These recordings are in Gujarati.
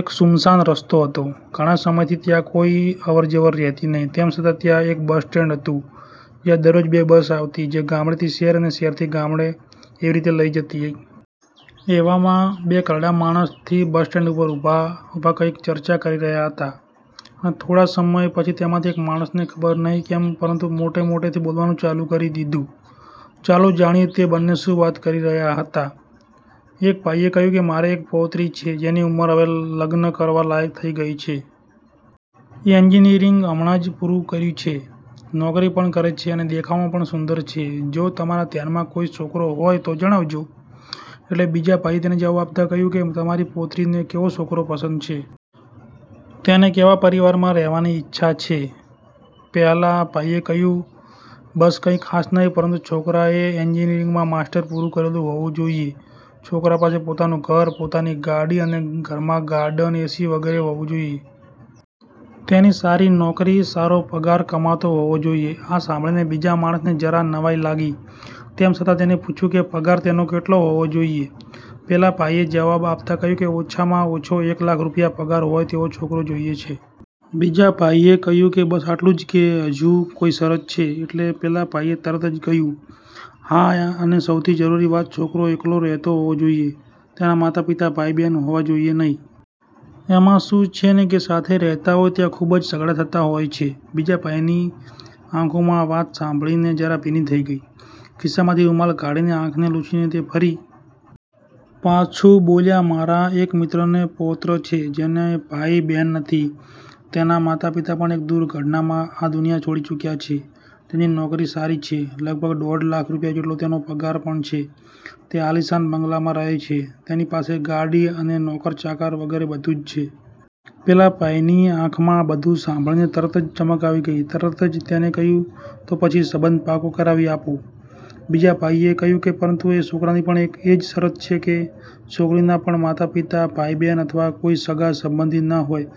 એક સુમસાન રસ્તો હતો. ઘણા સમયથી ત્યાં કોઈની અવરજવર રહેતી નહીં, તેમ છતાં ત્યાં એક બસ સ્ટેન્ડ હતું જ્યાં દરરોજ બે બસ આવતી જે ગામડે થી શહેર અને શહેરથી ગામડે એવી રીતે લઈ જતી. એવામાં બે ઘરડા માણસ થી બસ સ્ટેન્ડ પર ઉભા ઉભા કંઈક ચર્ચા કરી રહ્યા હતા, અને થોડા સમય પછી તેમાંથી એક માણસે ખબર નહીં કેમ પરંતુ મોટે મોટેથી બોલવાનું ચાલુ કરી દીધું. ચાલો જાણીએ તે બંને શું વાત કરી રહ્યા હતા, એક ભાઈએ કહ્યું કે મારૅ એક પૌત્રી છે, જેની ઉંમર હવે લગ્ન કરવા લાયક થઇ ગઇ છે. એન્જિનિયરિંગ હમણાં જ પૂરું કર્યું છે, નોકરી પણ કરે છે, અને દેખાવમાં પણ સુંદર છે. જો તમારા ધ્યાનમાં કોઈ છોકરો હોય તો જણાવજો. એટલે બીજા ભાઈએ તેને જવાબ આપતા કહ્યું કે તમારી પૌત્રીને કેવો છોકરો પસંદ છે? તેને કેવા પરિવારમાં રહેવાની ઈચ્છા છે? પહેલા ભાઈએ કહ્યું બસ કંઇ ખાસ નહીં પરંતુ છોકરાએ એન્જિનિયરિંગમાં માસ્ટર પૂરું કરેલું હોવું જોઈએ, છોકરા પાસે પોતાનું ઘર, પોતાની ગાડી અને ઘરમાં ગાર્ડન, એસી વગેરે હોવું જોઈએ. તેની સારી નોકરી, સારો પગાર કમાતો હોવો જોઈએ. આ સાંભળીને બીજા માણસને જરા નવાઈ લાગી તેમ છતાં તેને પૂછ્યું કે પગાર તેનો કેટલો હોવો જોઈએ? પહેલા ભાઈ જવાબ આપતા કહ્યું કે ઓછામાં ઓછો એક લાખ રૂપિયા પગાર હોય તેવો છોકરો જોઈએ છે. બીજા ભાઈએ કહ્યું કે બસ આટલું જ કે હજુ કોઈ શરત છે? એટલે પેલા ભાઇએ તરત જ કહ્યું હા અને સૌથી જરૂરી વાત છોકરો એકલો રહેતો હોવો જોઈએ, તેના માતા-પિતા, ભાઈ બહેન હોવા જોઇએ નહીં. એમાં શું છે ને કે સાથે રહેતા હોય ત્યાં ખૂબ જ ઝઘડા થતા હોય છે. બીજા ભાઈની આંખો આ વાત સાંભળીને જરા ભીની થઈ ગઈ, ખિસ્સામાંથી રૂમાલ કાઢીને આંખને લૂછી ને તે ફરી પાછું બોલ્યા મારા એક મિત્રનો પૌત્ર છે જેને ભાઈ બહેન નથી, તેના માતા-પિતા પણ એક દુર્ઘટનામાં આ દુનિયા છોડી ચૂક્યા છે, તેની નોકરી સારી છે, લગભગ દોઢ લાખ રૂપિયા જેટલો તેનો પગાર પણ છે, તે આલીશાન બંગલામાં રહે છે તેની પાસે ગાડી અને નોકર ચાકર વગેરે બધું જ છે. પહેલા ભાઈ ની આંખમાં આ બધું સાંભળીને તરત જ ચમક આવી ગઈ, તરત જ તેને કહ્યું તો પછી સંબંધ પાકો કરાવી આપો. બીજા ભાઈએ કહ્યું કે પરંતુ એ છોકરાની પણ એ જ શરત છે કે છોકરીના પણ માતા-પિતા, ભાઈ બહેન અથવા કોઈ સગા સંબંધી ન હોય.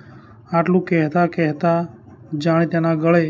આટલું કહેતાં કહેતાં જ જાણે તેના ગળે